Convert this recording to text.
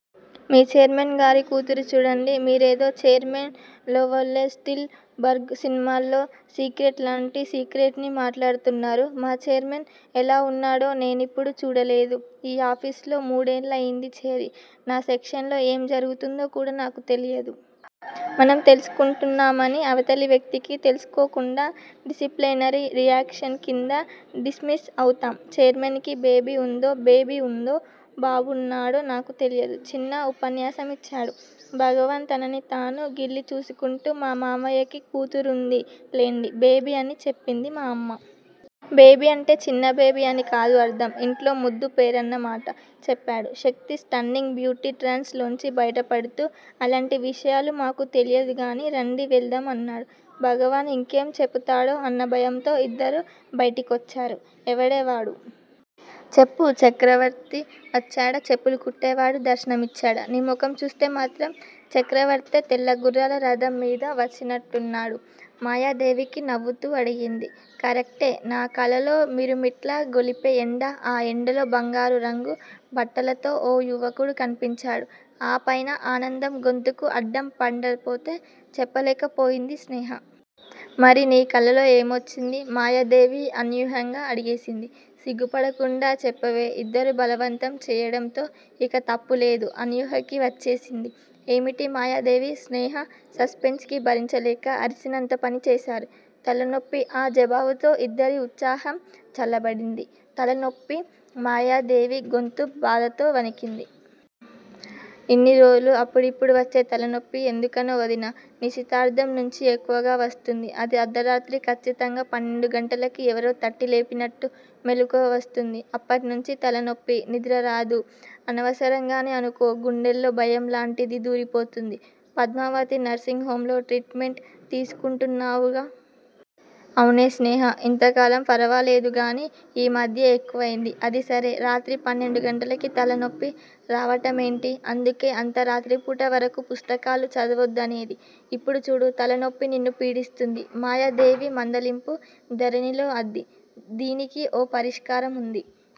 మీ chairman గారి కూతురు చూడండి- మీరేదో ఛైర్మన్ లెవల్లో స్టిల్ బర్గ్ సినిమాల్లో, సీక్రెట్స్ లాంటి సీక్రెట్లన్నీ మాట్లాడుతున్నారు. మా ఛైర్మన్ ఎలా ఉంటాడో నేనెప్పుడూ చూడలేదు- ఈ ఆఫీసులో మూడేళ్ళయ్యింది చేరి. నా సెక్షన్ లో ఏం జరుగుతుందో కూడా నాకు తెలీదు. మనం తెలుసుకుంటున్నామని, అవతలి వ్యక్తికి ,తెలుసుకోకుండా డిసిప్లినరీ యాక్షన్ కింద, డిస్మిస్ అవుతాం. ఛైర్మన్ కి బేబీ ఉందో బాబీ ఉందో, బాబున్నాడో నాకు తెలీదు చిన్న ఉపన్యాసం ఇచ్చాడు భగవాన్ తనని తాను గిల్లి చూసుకుంటూ. మా మామయ్యకి కూతురుంది లెండి. బేబీ అని చెప్పింది మా అమ్మ. బేబీ అంటే చిన్న బేబీ అని కాదు అర్థం ఇంట్లో ముద్దు పేరన్న మాట చెప్పాడు శక్తి స్టన్నింగ్ బ్యూటీ ట్రాన్స్ లోంచి బయటపడుతూ. అలాంటి విషయాలు మాకు తెలీదుగానీ- రండి వెళదాం అన్నాడు భగవాన్ ఇంకేం చెబుతాడో అన్న భయంతో. ఇద్దరూ బయటికొచ్చారు. ఎవడే వాడు? చెప్పు- చక్రవర్తి వచ్చాడా? చెప్పులు కుట్టేవాడు దర్శనమిచ్చాడా? నీ ముఖం చూస్తే మాత్రం చక్రవర్తే తెల్లగుర్రాల రథం మీద వచ్చినట్టున్నాడే మాయాదేవి నవ్వుతూ అడిగింది. కరెక్టే- నా కలలో మిరుమిట్లు గొలిపే ఎండ, ఆ ఎండలో బంగారు రంగు బట్టలతో ఓ యువకుడు కనిపించాడు ఆపైన ఆనందం గొంతుకు అడ్డం పడడంతో చెప్పలేకపోయింది స్నేహ. మరి నీ కలలో ఏమొచ్చింది? మాయాదేవి అనూహ్యని అడిగేసింది. సిగ్గుపడకుండా చెప్పవే ఇద్దరూ బలవంతం చేయడంతో ఇక తప్పలేదు అనూహ్యకి. వచ్చింది ఏమిటి? మాయాదేవి స్నేహ సస్పెన్స్ ని భరించలేక అరిచినంత పనిచేశారు. తలనొప్పి ఆ జవాబుతో ఇద్దరి ఉత్సాహం చల్లబడింది తలనొప్పా? మాయాదేవి గొంతు బాధతో వణికింది. ఆ- ఇన్నిరోజులు అప్పుడిప్డు వచ్చే తలనొప్పి ఎందుకనో వదినా నిశ్చితార్థం నుంచి ఎక్కువగా వస్తోంది. అదీ అర్థరాత్రి ఖచ్చితంగా పన్నెండు గంటలకి. ఎవరో తట్టిలేపినట్టు మెలకువ వస్తోంది, అప్పట్నించీ తలనొప్పి, నిద్రరాదు. అనవసరంగానే అనుకో గుండెల్లో భయంలాంటిది దూరిపోతోంది పద్మావతి నర్శింగ్ హోమ్ లో ట్రీట్ మెంట్ తీసుకుంటున్నావుగా! అవునే స్నేహా. ఇంతకాలం ఫరవాలేదుగానీ ఈ మధ్యే ఎక్కువైంది. అది సరే- రాత్రి పన్నెండుగంటలకి తలనొప్పి రావడమేమిటి? అందుకే అంత రాత్రిపూట వరకు పుస్తకాలు చదవద్దు అనేది. ఇప్పుడు చూడు తలనొప్పి నిన్ను పీడిస్తోంది మాయాదేవి మందలింపు ధోరణిలో అంది. దీనికి ఓ పరిష్కారం వుంది.